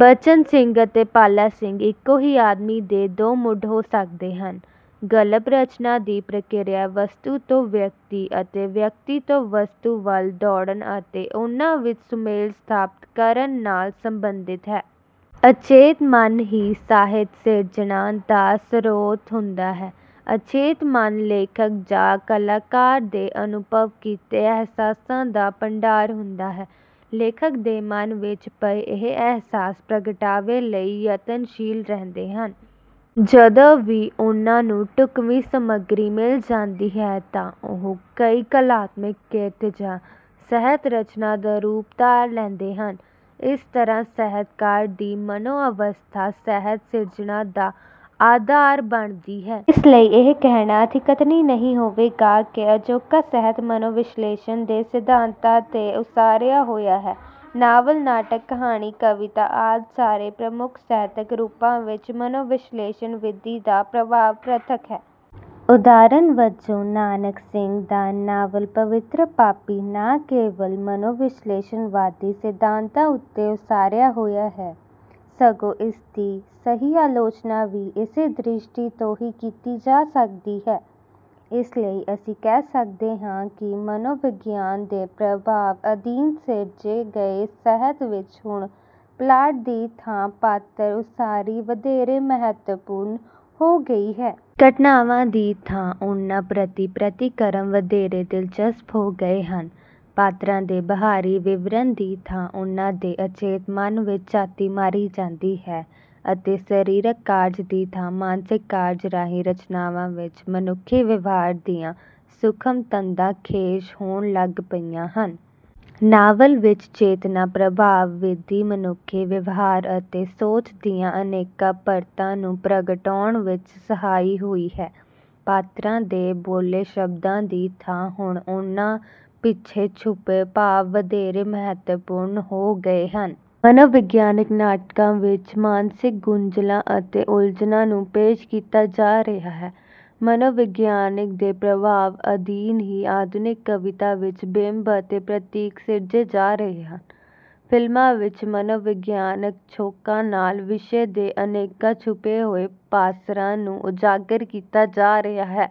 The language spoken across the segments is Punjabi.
ਬਚਨ ਸਿੰਘ ਅਤੇ ਪਾਲਾ ਸਿੰਘ ਇੱਕੋ ਹੀ ਆਦਮੀ ਦੇ ਦੋ ਮੂਡ ਹੋ ਸਕਦੇ ਹਨ। ਗਲਪ ਰਚਨਾ ਦੀ ਪ੍ਰਕਿਰਿਆ ਵਸਤੂ ਤੋਂ ਵਿਅਕਤੀ ਅਤੇ ਵਿਅਕਤੀ ਤੋਂ ਵਸਤੂ ਵੱਲ ਦੌੜਣ ਅਤੇ ਉਹਨਾਂ ਵਿੱਚ ਸੁਮੇਲ ਸਥਾਪਿਤ ਕਰਨ ਨਾਲ ਸੰਬੰਧਿਤ ਹੈ। ਅਚੇਤ ਮਨ ਹੀ ਸਾਹਿਤ ਸਿਰਜਣਾ ਦਾ ਸਰੋਤ ਹੁੰਦਾ ਹੈ। ਅਚੇਤ ਮਨ ਲੇਖਕ ਜਾਂ ਕਲਾਕਾਰ ਦੇ ਅਨੁਭਵ ਕੀਤੇ ਅਹਿਸਾਸਾਂ ਦਾ ਭੰਡਾਰਾ ਹੁੰਦਾ ਹੈ। ਲੇਖਕ ਦੇ ਮਨ ਵਿੱਚ ਪਏ ਇਹ ਅਹਿਸਾਸ ਪ੍ਰਗਟਾਵੇ ਲਈ ਯਤਨਸ਼ੀਲ ਰਹਿੰਦੇ ਹਨ। ਜਦੋਂ ਵੀ ਉਹਨਾਂ ਨੂੰ ਢੁੱਕਵੀਂ ਸਮੱਗਰੀ ਮਿਲ ਜਾਂਦੀ ਹੈ ਤਾਂ ਉਹ ਕੋਈ ਕਲਾਤਮਿਕ ਕਿਰਤ ਜਾਂ ਸਾਹਿਤ ਰਚਨਾ ਦਾ ਰੂਪ ਧਾਰ ਲੈਂਦੇ ਹਨ। ਇਸ ਤਰ੍ਹਾਂ ਸਾਹਿਤਕਾਰ ਦੀ ਮਨੋਅਵਸਥਾ ਸਾਹਿਤ ਸਿਰਜਣਾ ਦਾ ਆਧਾਰ ਬਣਦੀ ਹੈ। ਇਸ ਲਈ ਇਹ ਕਹਿਣਾ ਅਤਿਕਥਨੀ ਨਹੀਂ ਹੋਵੇਗਾ ਕਿ ਅਜੋਕਾ ਸਾਹਿਤ ਮਨੋਵਿਸ਼ਲੇਸ਼ਣ ਦੇ ਸਿਧਾਤਾਂ ਤੇ ਉਸਾਰਿਆ ਹੋਇਆ ਹੈ। ਨਾਵਲ ਨਾਟਕ ਕਹਾਣੀ ਕਵਿਤਾ ਆਦਿ ਸਾਰੇ ਪ੍ਰਮੁੱਖ ਸਾਹਿਤਕ ਰੂਪਾਂ ਵਿੱਚ ਮਨੋਵਿਸ਼ਲੇਸ਼ਣ ਵਿਧੀ ਦਾ ਪ੍ਰਭਾਵ ਪ੍ਰਤੱਖ ਹੈ। ਉਦਾਹਰਨ ਵਜੋਂ ਨਾਨਕ ਸਿੰਘ ਦਾ ਨਾਵਲ ਪਵਿੱਤਰ ਪਾਪੀ ਨਾ ਕੇਵਲ ਮਨੋਵਿਸ਼ਲੇਸ਼ਣਵਾਦੀ ਸਿਧਾਤਾਂ ਉੱਤੇ ਉਸਾਰਿਆ ਹੋਇਆ ਹੈ ਸਗੋਂ ਇਸਦੀ ਸਹੀ ਆਲੋਚਨਾ ਵੀ ਇਸੇ ਦ੍ਰਿਸ਼ਟੀ ਤੋਂ ਹੀ ਕੀਤੀ ਜਾ ਸਕਦੀ ਹੈ। ਇਸ ਲਈ ਅਸੀ ਕਹਿ ਸਕਦੇ ਹਾਂ ਕਿ ਮਨੋਵਿਗਿਆਨ ਦੇ ਪ੍ਰਭਾਵ ਅਧੀਨ ਸਿਰਜੇ ਗਏ ਸਾਹਿਤ ਵਿੱਚ ਹੁਣ ਪਲਾਟ ਦੀ ਥਾਂ ਪਾਤਰ ਉਸਾਰੀ ਵਧੇਰੇ ਮਹੱਤਵਪੂਰਨ ਹੋ ਗਈ ਹੈ। ਘਟਨਾਵਾਂ ਦੀ ਥਾਂ ਉਹਨਾਂ ਪ੍ਰਤਿ ਪ੍ਰਤਿਕਰਮ ਵਧੇਰੇ ਦਿਲਚਸਪ ਹੋ ਗਏ ਹਨ। ਪਾਤਰਾਂ ਦੇ ਬਾਹਰੀ ਵਿਵਰਣ ਦੀ ਥਾਂ ਉਹਨਾਂ ਦੇ ਅਚੇਤ ਮਨ ਵਿੱਚ ਝਾਤੀ ਮਾਰੀ ਜਾਂਦੀ ਹੈ ਅਤੇ ਸਰੀਰਕ ਕਾਰਜ ਦੀ ਥਾਂ ਮਾਨਸਿਕ ਕਾਰਜ ਰਾਹੀਂ ਰਚਨਾਵਾਂ ਵਿੱਚ ਮਨੁੱਖੀ ਵਿਵਹਾਰ ਦੀਆਂ ਸੂਖਮ ਤੰਦਾਂ ਖੇਸ਼ ਹੋਣ ਲੱਗ ਪਈਆਂ ਹਨ। ਨਾਵਲ ਵਿੱਚ ਚੇਤਨਾ ਪ੍ਰਭਾਵ ਵਿਧੀ ਮਨੁੱਖੀ ਵਿਵਹਾਰ ਅਤੇ ਸੋਚ ਦੀਆਂ ਅਨੇਕ ਪਰਤਾਂ ਨੂੰ ਪ੍ਰਗਟਾਉਣ ਵਿੱਚ ਸਹਾਈ ਹੋਈ ਹੈ। ਪਾਤਰਾਂ ਦੇ ਬੋਲੇ ਸ਼ਬਦਾਂ ਦੀ ਥਾਂ ਹੁਣ ਉਹਨਾਂ ਪਿੱਛੇ ਛੁਪੇ ਭਾਵ ਵਧੇਰੇ ਮਹੱਤਵਪੂਰਨ ਹੋ ਗਏ ਹਨ। ਮਨੋਵਿਗਿਆਨਕ ਨਾਟਕਾਂ ਵਿੱਚ ਮਾਨਸਿਕ ਗੁੰਝਲਾਂ ਅਤੇ ਉਲਝਣਾਂ ਨੂੰ ਪੇਸ਼ ਕੀਤਾ ਜਾ ਰਿਹਾ ਹੈ। ਮਨੋਵਿਗਿਆਨ ਦੇ ਪ੍ਰਭਾਵ ਅਧੀਨ ਹੀ ਆਧੁਨਿਕ ਕਵਿਤਾ ਵਿੱਚ ਬਿੰਬ ਅਤੇ ਪ੍ਰਤੀਕ ਸਿਰਜੇ ਜਾ ਰਹੇ ਹਨ। ਫਿਲਮਾਂ ਵਿੱਚ ਮਨੋਵਿਗਿਆਨਕ ਛੋਖਾਂ ਨਾਲ ਵਿਸ਼ੇ ਦੇ ਅਨੇਕਾਂ ਛੁਪੇ ਹੋਏ ਪਾਸਾਰਾਂ ਨੂੰ ਉਜਾਗਰ ਕੀਤਾ ਜਾ ਰਿਹਾ ਹੈ।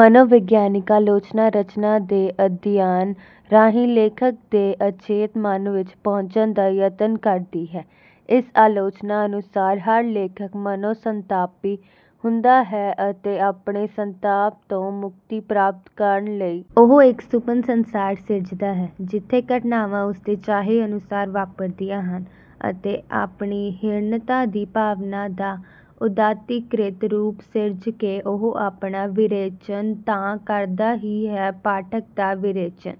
ਮਨੋਵਿਗਿਆਨਕ ਆਲੋਚਨਾ ਰਚਨਾ ਦੇ ਅਧਿਐਨ ਰਾਹੀਂ ਲੇਖਕ ਦੇ ਅਚੇਤ ਮਨ ਵਿੱਚ ਪਹੁੰਚਣ ਦਾ ਯਤਨ ਕਰਦੀ ਹੈ। ਇਸ ਆਲੋਚਨਾ ਅਨੁਸਾਰ ਹਰ ਲੇਖਕ ਮਨੋ ਸੰਤਾਪੀ ਹੁੰਦਾ ਹੈ ਅਤੇ ਆਪਣੇ ਸੰਤਾਪ ਤੋਂ ਮੁਕਤੀ ਪ੍ਰਾਪਤ ਕਰਨ ਲਈ ਉਹ ਇੱਕ ਸੁਪਨ ਸੰਸਾਰ ਸਿਰਜਦਾ ਹੈ ਜਿੱਥੇ ਘਟਨਾਵਾਂ ਉਸਦੇ ਚਾਹੇ ਅਨੁਸਾਰ ਵਾਪਰਦੀਆਂ ਹਨ ਅਤੇ ਆਪਣੀ ਹੀਣਤਾ ਦੀ ਭਾਵਨਾਵਾਂ ਦਾ ਉੱਦਾਤੀਕ੍ਰਿਤ ਰੂਪ ਸਿਰਜ ਕੇ ਉਹ ਆਪਣਾ ਵਿਰੇਚਨ ਤਾਂ ਕਰਦਾ ਹੀ ਹੈ ਪਾਠਕ ਦਾ ਵਿਰੇਚਨ